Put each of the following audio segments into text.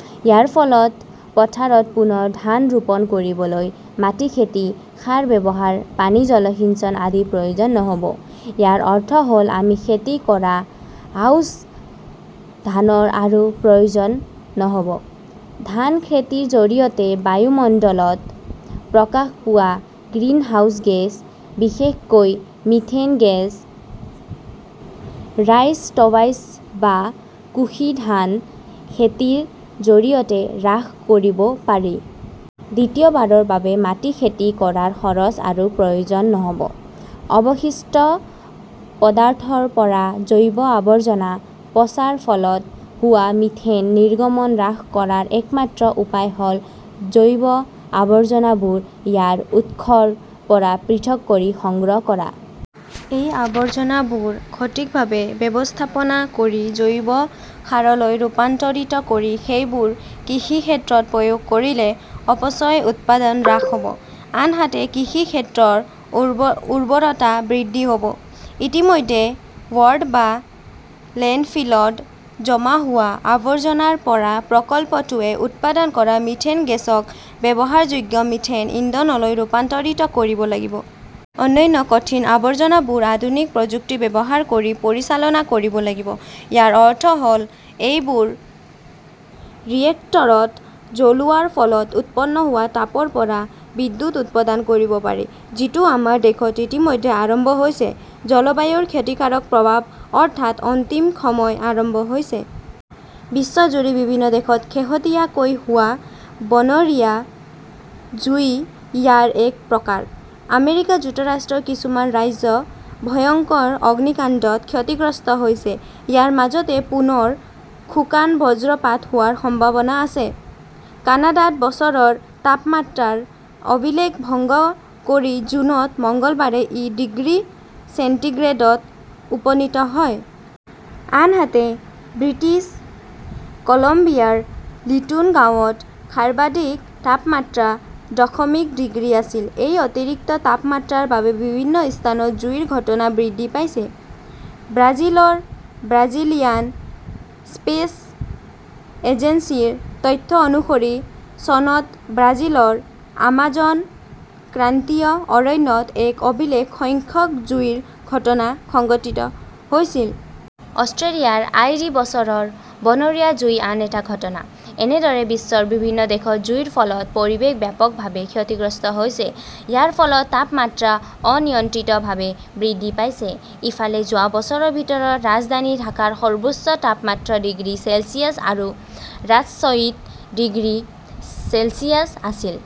ইয়াৰ ফলত পথাৰত পুনৰ ধান ৰোপণ কৰিবলৈ মাটি খেতি, সাৰ ব্যৱহাৰ, পানী জলসিঞ্চন আদিৰ প্ৰয়োজন নহ'ব। ইয়াৰ অৰ্থ হ'ল আমি খেতি কৰা আউছ ধানৰ আৰু প্ৰয়োজন নহ'ব। ধান খেতিৰ জৰিয়তে বায়ুমণ্ডলত প্ৰকাশ পোৱা গ্ৰীণহাউছ গেছ, বিশেষকৈ মিথেন গেছ, 'ৰাইচ-টৱাইচ'বা কুশী ধান খেতিৰ জৰিয়তে হ্ৰাস কৰিব পাৰি। দ্বিতীয়বাৰৰ বাবে মাটি খেতি কৰাৰ খৰচ আৰু প্ৰয়োজন নহ'ব। অৱশিষ্ট পদাৰ্থৰ পৰা জৈৱ আৱৰ্জনা পচাৰ ফলত হোৱা মিথেন নিৰ্গমন হ্ৰাস কৰাৰ একমাত্ৰ উপায় হ'ল জৈৱ আৱৰ্জনাবোৰ ইয়াৰ উৎসৰ পৰা পৃথক কৰি সংগ্ৰহ কৰা। এই আৱৰ্জনাবোৰ সঠিকভাৱে ব্যৱস্থাপনা কৰি জৈৱ সাৰলৈ ৰূপান্তৰিত কৰি সেইবোৰ কৃষিক্ষেত্ৰত প্ৰয়োগ কৰিলে, অপচয় উৎপাদন হ্ৰাস হ 'ব, আনহাতে কৃষিক্ষেত্ৰৰ চব উৰ্বৰতা বৃদ্ধি হ'ব। ইতিমধ্যে বাৰ্ড বা লেণ্ডফিলত জমা হোৱা আৱৰ্জনাৰ পৰা প্ৰকল্পটোৱে উৎপাদন কৰা মিথেন গেছক ব্যৱহাৰযোগ্য মিথেন ইন্ধনলৈ ৰূপান্তৰিত কৰিব লাগিব। অন্যান্য কঠিন আৱৰ্জনাবোৰ আধুনিক প্ৰযুক্তি ব্যৱহাৰ কৰি পৰিচালনা কৰিব লাগিব। ইয়াৰ অৰ্থ হ'ল এইবোৰ ৰিয়েক্টৰত জ্বলোৱাৰ ফলত উৎপন্ন হোৱা তাপৰ পৰা বিদ্যুৎ উৎপাদন কৰিব পাৰি, যিটো আমাৰ দেশত ইতিমধ্যে আৰম্ভ হৈছে। জলবায়ুৰ ক্ষতিকাৰক প্ৰভাৱ, অৰ্থাৎ অন্তিম সময় আৰম্ভ হৈছে। বিশ্বজুৰি বিভিন্ন দেশত শেহতীয়াকৈ হোৱা বনৰীয়া জুই ইয়াৰ এক প্ৰকাৰ। আমেৰিকা যুক্তৰাষ্ট্ৰৰ কিছুমান ৰাজ্য ভয়ংকৰ অগ্নিকাণ্ডত ক্ষতিগ্ৰস্ত হৈছে। ইয়াৰ মাজতে পুনৰ শুকান বজ্ৰপাত হোৱাৰ সম্ভাৱনা আছে। কানাডাত বছৰৰ তাপমাত্ৰাৰ অভিলেখ ভংগ কৰি জুনত মঙলবাৰে ই ডিগ্ৰী চেণ্টিগ্ৰেডত উপনীত হয়। আনহাতে, ব্ৰিটিছ কলম্বিয়াৰ লিটুন গাঁৱত সাৰ্বাধিক তাপমাত্ৰা দশমিক ডিগ্ৰী আছিল। এই অতিৰিক্ত তাপমাত্ৰাৰ বাবে বিভিন্ন স্থানত জুইৰ ঘটনা বৃদ্ধি পাইছে। ব্ৰাজিলৰ ব্ৰাজিলিয়ান স্পেচ এজেন্সিৰ তথ্য অনুসৰি চনত ব্ৰাজিলৰ আমাজন ক্ৰান্তীয় অৰণ্যত এক অভিলেখ সংখ্যক জুইৰ ঘটনা সংঘটিত হৈছিল। অষ্ট্ৰেলিয়াৰ আই. ডি. বছৰৰ বনৰীয়া জুই আন এটা ঘটনা। এনেদৰে, বিশ্বৰ বিভিন্ন দেশত জুইৰ ফলত পৰিৱেশ ব্যাপকভাৱে ক্ষতিগ্ৰস্ত হৈছে। ইয়াৰ ফলত তাপমাত্ৰা অনিয়ন্ত্ৰিতভাৱে বৃদ্ধি পাইছে। ইফালে, যোৱা বছৰৰ ভিতৰত ৰাজধানী ঢাকাৰ সৰ্বোচ্চ তাপমাত্ৰা ডিগ্ৰী চেলছিয়াছ আৰু ৰাজশ্বীত ডিগ্ৰী চেলছিয়াছ আছিল।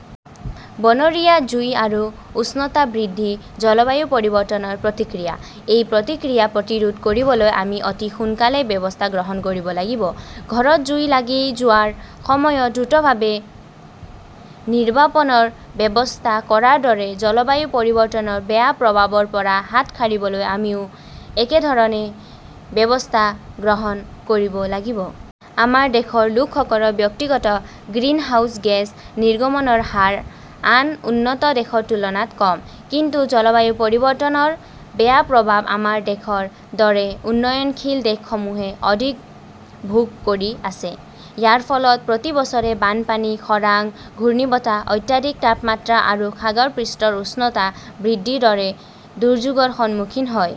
বনৰীয়া জুই আৰু উষ্ণতা বৃদ্ধি জলবায়ু পৰিৱৰ্তনৰ প্ৰতিক্ৰিয়া। এই প্ৰতিক্ৰিয়া প্ৰতিৰোধ কৰিবলৈ আমি অতি সোনকালেই ব্যৱস্থা গ্ৰহণ কৰিব লাগিব। ঘৰত জুই লাগি যোৱাৰ সময়ত দ্ৰুতভাৱে নিৰ্বাপনৰ ব্যৱস্থা কৰাৰ দৰে, জলবায়ু পৰিৱৰ্তনৰ বেয়া প্ৰভাৱৰ পৰা হাত সাৰিবলৈ আমিও একেধৰণে ব্যৱস্থা গ্ৰহণ কৰিব লাগিব। আমাৰ দেশৰ লোকসকলৰ ব্যক্তিগত গ্ৰিনহাউজ গেছ নিৰ্গমনৰ হাৰ আন উন্নত দেশৰ তুলনাত কম। কিন্তু জলবায়ু পৰিৱৰ্তনৰ বেয়া প্ৰভাৱ আমাৰ দেশৰ দৰে উন্নয়নশীল দেশসমূহে অধিক ভোগ কৰি আছে। ইয়াৰ ফলত প্ৰতি বছৰে বানপানী, খৰাং, ঘূৰ্ণীবতাহ, অত্যাধিক তাপমাত্ৰা আৰু সাগৰ পৃষ্ঠৰ উচ্চতা বৃদ্ধিৰ দৰে দুৰ্যোগৰ সন্মুখীন হয়।